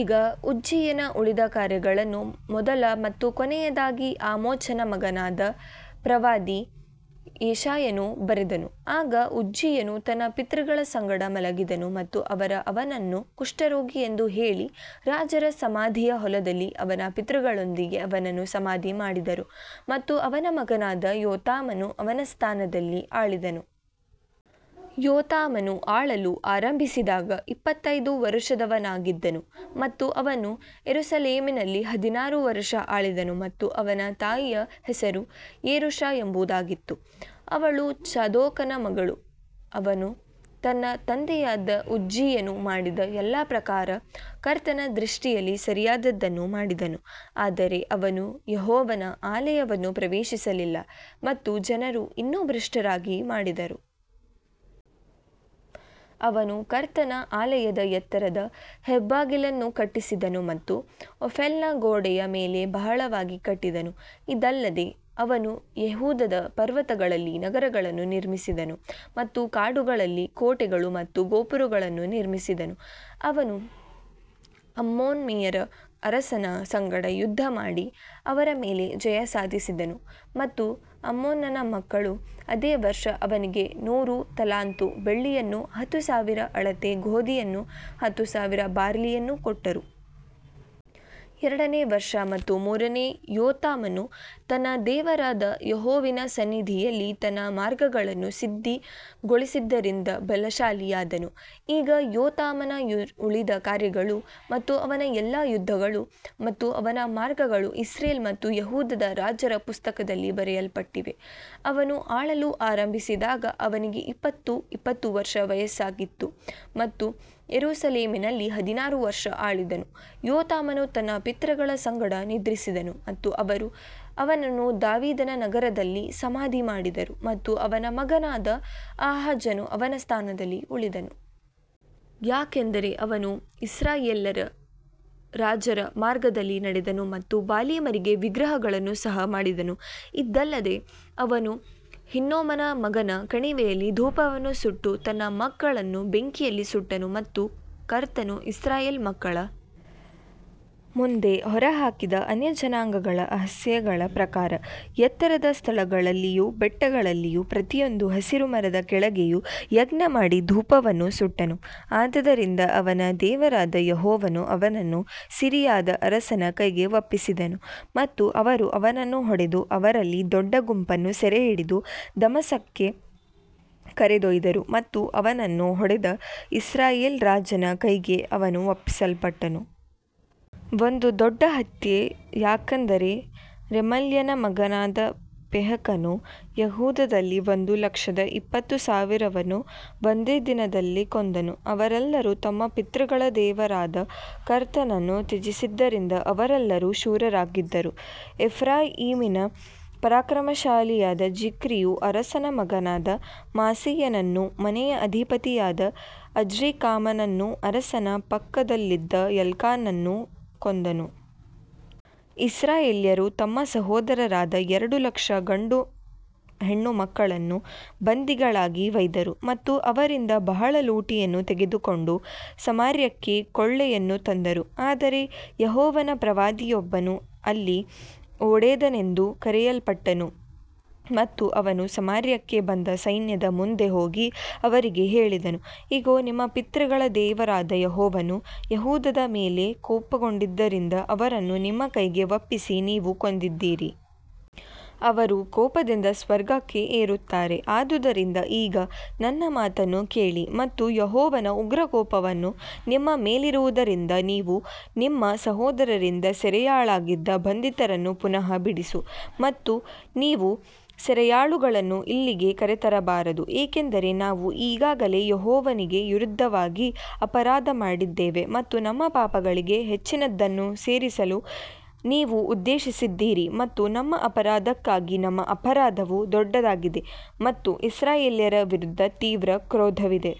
ಈಗ ಉಜ್ಜೀಯನ ಉಳಿದ ಕಾರ್ಯಗಳನ್ನು ಮೊದಲ ಮತ್ತು ಕೊನೆಯದಾಗಿ ಆಮೋಚನ ಮಗನಾದ ಪ್ರವಾದಿ ಯೆಶಾಯನು ಬರೆದನು. ಆಗ ಉಜ್ಜೀಯನು ತನ್ನ ಪಿತೃಗಳ ಸಂಗಡ ಮಲಗಿದನು ಮತ್ತು ಅವರು ಅವನನ್ನು ಕುಷ್ಠರೋಗಿ ಎಂದು ಹೇಳಿ ರಾಜರ ಸಮಾಧಿಯ ಹೊಲದಲ್ಲಿ ಅವನ ಪಿತೃಗಳೊಂದಿಗೆ ಅವನನ್ನು ಸಮಾಧಿ ಮಾಡಿದರು ಮತ್ತು ಅವನ ಮಗನಾದ ಯೋತಾಮನು ಅವನ ಸ್ಥಾನದಲ್ಲಿ ಆಳಿದನು. ಯೋತಾಮನು ಆಳಲು ಆರಂಭಿಸಿದಾಗ ಇಪ್ಪತ್ತೈದು ವರುಷದವನಾಗಿದ್ದನು ಮತ್ತು ಅವನು ಯೆರೂಸಲೇಮಿನಲ್ಲಿ ಹದಿನಾರು ವರುಷ ಆಳಿದನು ಮತ್ತು ಅವನ ತಾಯಿಯ ಹೆಸರು ಯೆರೂಷಾ ಎಂಬುದಾಗಿತ್ತು, ಅವಳು ಚಾದೋಕನ ಮಗಳು ಅವನು ತನ್ನ ತಂದೆಯಾದ ಉಜ್ಜೀಯನು ಮಾಡಿದ ಎಲ್ಲಾ ಪ್ರಕಾರ ಕರ್ತನ ದೃಷ್ಟಿಯಲ್ಲಿ ಸರಿಯಾದದ್ದನ್ನು ಮಾಡಿದನು ಆದರೆ ಅವನು ಯೆಹೋವನ ಆಲಯವನ್ನು ಪ್ರವೇಶಿಸಲಿಲ್ಲ ಮತ್ತು ಜನರು ಇನ್ನೂ ಭ್ರಷ್ಟರಾಗಿ ಮಾಡಿದರು. ಅವನು ಕರ್ತನ ಆಲಯದ ಎತ್ತರದ ಹೆಬ್ಬಾಗಿಲನ್ನು ಕಟ್ಟಿಸಿದನು ಮತ್ತು ಓಫೆಲ್ನ ಗೋಡೆಯ ಮೇಲೆ ಬಹಳವಾಗಿ ಕಟ್ಟಿದನು ಇದಲ್ಲದೆ ಅವನು ಯೆಹೂದದ ಪರ್ವತಗಳಲ್ಲಿ ನಗರಗಳನ್ನು ನಿರ್ಮಿಸಿದನು ಮತ್ತು ಕಾಡುಗಳಲ್ಲಿ ಕೋಟೆಗಳು ಮತ್ತು ಗೋಪುರಗಳನ್ನು ನಿರ್ಮಿಸಿದನು ಅವನು ಅಮ್ಮೋನಿಯರ ಅರಸನ ಸಂಗಡ ಯುದ್ಧಮಾಡಿ ಅವರ ಮೇಲೆ ಜಯ ಸಾಧಿಸಿದನು ಮತ್ತು ಅಮ್ಮೋನನ ಮಕ್ಕಳು ಅದೇ ವರ್ಷ ಅವನಿಗೆ ನೂರು ತಲಾಂತು ಬೆಳ್ಳಿಯನ್ನೂ ಹತ್ತು ಸಾವಿರ ಅಳತೆ ಗೋಧಿಯನ್ನೂ ಹತ್ತು ಸಾವಿರ ಬಾರ್ಲಿಯನ್ನೂ ಕೊಟ್ಟರು. ಎರಡನೇ ವರ್ಷ ಮತ್ತು ಮೂರನೇ ಯೋತಾಮನು ತನ್ನ ದೇವರಾದ ಯೆಹೋವನ ಸನ್ನಿಧಿಯಲ್ಲಿ ತನ್ನ ಮಾರ್ಗಗಳನ್ನು ಸಿದ್ಧಗೊಳಿಸಿದ್ದರಿಂದ ಬಲಶಾಲಿಯಾದನು ಈಗ ಯೋತಾಮನ ಉಳಿದ ಕಾರ್ಯಗಳು ಮತ್ತು ಅವನ ಎಲ್ಲಾ ಯುದ್ಧಗಳು ಮತ್ತು ಅವನ ಮಾರ್ಗಗಳು ಇಸ್ರೇಲ್ ಮತ್ತು ಯೆಹೂದದ ರಾಜರ ಪುಸ್ತಕದಲ್ಲಿ ಬರೆಯಲ್ಪಟ್ಟಿವೆ. ಅವನು ಆಳಲು ಆರಂಭಿಸಿದಾಗ ಅವನಿಗೆ ಇಪ್ಪತ್ತು ಇಪ್ಪತ್ತು ವರ್ಷ ವಯಸ್ಸಾಗಿತ್ತು ಮತ್ತು ಯೆರೂಸಲೇಮಿನಲ್ಲಿ ಹದಿನಾರು ವರ್ಷ ಆಳಿದನು ಯೋತಾಮನು ತನ್ನ ಪಿತೃಗಳ ಸಂಗಡ ನಿದ್ರಿಸಿದನು ಮತ್ತು ಅವರು ಅವನನ್ನು ದಾವೀದನ ನಗರದಲ್ಲಿ ಸಮಾಧಿ ಮಾಡಿದರು ಮತ್ತು ಅವನ ಮಗನಾದ ಆಹಾಜನು ಅವನ ಸ್ಥಾನದಲ್ಲಿ ಆಳಿದನು. ಯಾಕಂದರೆ ಅವನು ಇಸ್ರಾಯೇಲ್ಯರ ರಾಜರ ಮಾರ್ಗದಲ್ಲಿ ನಡೆದನು ಮತ್ತು ಬಾಲೀಮರಿಗೆ ವಿಗ್ರಹಗಳನ್ನು ಸಹ ಮಾಡಿದನು ಇದಲ್ಲದೆ ಅವನು ಹಿನ್ನೋಮನ ಮಗನ ಕಣಿವೆಯಲ್ಲಿ ಧೂಪವನ್ನು ಸುಟ್ಟು ತನ್ನ ಮಕ್ಕಳನ್ನು ಬೆಂಕಿಯಲ್ಲಿ ಸುಟ್ಟನು ಮತ್ತು ಕರ್ತನು ಇಸ್ರಾಯೇಲ್ ಮಕ್ಕಳ ಮುಂದೆ ಹೊರಹಾಕಿದ ಅನ್ಯಜನಾಂಗಗಳ ಅಸಹ್ಯಗಳ ಪ್ರಕಾರ. ಎತ್ತರದ ಸ್ಥಳಗಳಲ್ಲಿಯೂ ಬೆಟ್ಟಗಳಲ್ಲಿಯೂ ಪ್ರತಿಯೊಂದು ಹಸಿರು ಮರದ ಕೆಳಗೆಯೂ ಯಜ್ಞಮಾಡಿ ಧೂಪವನ್ನು ಸುಟ್ಟನು ಆದದರಿಂದ ಅವನ ದೇವರಾದ ಯೆಹೋವನು ಅವನನ್ನು ಸಿರಿಯಾದ ಅರಸನ ಕೈಗೆ ಒಪ್ಪಿಸಿದನು ಮತ್ತು ಅವರು ಅವನನ್ನು ಹೊಡೆದು ಅವರಲ್ಲಿ ದೊಡ್ಡ ಗುಂಪನ್ನು ಸೆರೆಹಿಡಿದು ದಮಸ್ಕಕ್ಕೆ ಕರೆದೊಯ್ದರು ಮತ್ತು ಅವನನ್ನು ಹೊಡೆದ ಇಸ್ರಾಯೇಲ್ ರಾಜನ ಕೈಗೆ ಅವನು ಒಪ್ಪಿಸಲ್ಪಟ್ಟನು. ಒಂದು ದೊಡ್ಡ ಹತ್ಯೆ ಯಾಕಂದರೆ ರೆಮಲ್ಯನ ಮಗನಾದ ಪೆಕಹನು ಯೆಹೂದದಲ್ಲಿ ಒಂದು ಲಕ್ಷದ ಇಪ್ಪತ್ತು ಸಾವಿರವನ್ನು ಒಂದೇ ದಿನದಲ್ಲಿ ಕೊಂದನು, ಅವರೆಲ್ಲರು ತಮ್ಮ ಪಿತೃಗಳ ದೇವರಾದ ಕರ್ತನನ್ನು ತ್ಯಜಿಸಿದ್ದರಿಂದ ಅವರೆಲ್ಲರೂ ಶೂರರಾಗಿದ್ದರು. ಎಫ್ರಾಯೀಮಿನ ಪರಾಕ್ರಮಶಾಲಿಯಾದ ಜಿಕ್ರಿಯು ಅರಸನ ಮಗನಾದ ಮಾಸೇಯನನ್ನೂ ಮನೆಯ ಅಧಿಪತಿಯಾದ ಅಜ್ರಿಕಾಮನನ್ನೂ ಅರಸನ ಪಕ್ಕದಲ್ಲಿದ್ದ ಎಲ್ಕಾನನನ್ನೂ ಕೊಂದನು. ಇಸ್ರಾಯೇಲ್ಯರು ತಮ್ಮ ಸಹೋದರರಾದ ಎರಡು ಲಕ್ಷ ಗಂಡು ಹೆಣ್ಣು ಮಕ್ಕಳನ್ನು ಬಂಧಿಗಳಾಗಿ ಒಯ್ದರು ಮತ್ತು ಅವರಿಂದ ಬಹಳ ಲೂಟಿಯನ್ನು ತೆಗೆದುಕೊಂಡು ಸಮಾರ್ಯಕ್ಕೆ ಕೊಳ್ಳೆಯನ್ನು ತಂದರು. ಆದರೆ ಯೆಹೋವನ ಪ್ರವಾದಿಯೊಬ್ಬನು ಅಲ್ಲಿ ಓಡೇದನೆಂದು ಕರೆಯಲ್ಪಟ್ಟನು ಮತ್ತು ಅವನು ಸಮಾರ್ಯಕ್ಕೆ ಬಂದ ಸೈನ್ಯದ ಮುಂದೆ ಹೋಗಿ ಅವರಿಗೆ ಹೇಳಿದನು, ಇಗೋ, ನಿಮ್ಮ ಪಿತೃಗಳ ದೇವರಾದ ಯೆಹೋವನು ಯೆಹೂದದ ಮೇಲೆ ಕೋಪಗೊಂಡಿದ್ದರಿಂದ ಅವರನ್ನು ನಿಮ್ಮ ಕೈಗೆ ಒಪ್ಪಿಸಿ ನೀವು ಕೊಂದಿದ್ದೀರಿ. ಅವರು ಕೋಪದಿಂದ ಸ್ವರ್ಗಕ್ಕೆ ಏರುತ್ತಾರೆ ಆದುದರಿಂದ ಈಗ ನನ್ನ ಮಾತನ್ನು ಕೇಳಿ ಮತ್ತು ಯೆಹೋವನ ಉಗ್ರ ಕೋಪವು ನಿಮ್ಮ ಮೇಲಿರುವದರಿಂದ ನೀವು ನಿಮ್ಮ ಸಹೋದರರಿಂದ ಸೆರೆಯಾಳಾಗಿದ್ದ ಬಂಧಿತರನ್ನು ಪುನಃ ಬಿಡಿಸು. ಮತ್ತು ನೀವು ಸೆರೆಯಾಳುಗಳನ್ನು ಇಲ್ಲಿಗೆ ಕರೆತರಬಾರದು, ಏಕೆಂದರೆ ನಾವು ಈಗಾಗಲೇ ಯೆಹೋವನಿಗೆ ವಿರುದ್ಧವಾಗಿ ಅಪರಾಧ ಮಾಡಿದ್ದೇವೆ ಮತ್ತು ನಮ್ಮ ಪಾಪಗಳಿಗೆ ಹೆಚ್ಚಿನದನ್ನು ಸೇರಿಸಲು ನೀವು ಉದ್ದೇಶಿಸಿದ್ದೀರಿ ಮತ್ತು ನಮ್ಮ ಅಪರಾಧಕ್ಕಾಗಿ ನಮ್ಮ ಅಪರಾಧವು ದೊಡ್ಡದಾಗಿದೆ ಮತ್ತು ಇಸ್ರಾಯೇಲ್ಯರ ವಿರುದ್ಧ ತೀವ್ರ ಕ್ರೋಧವಿದೆ.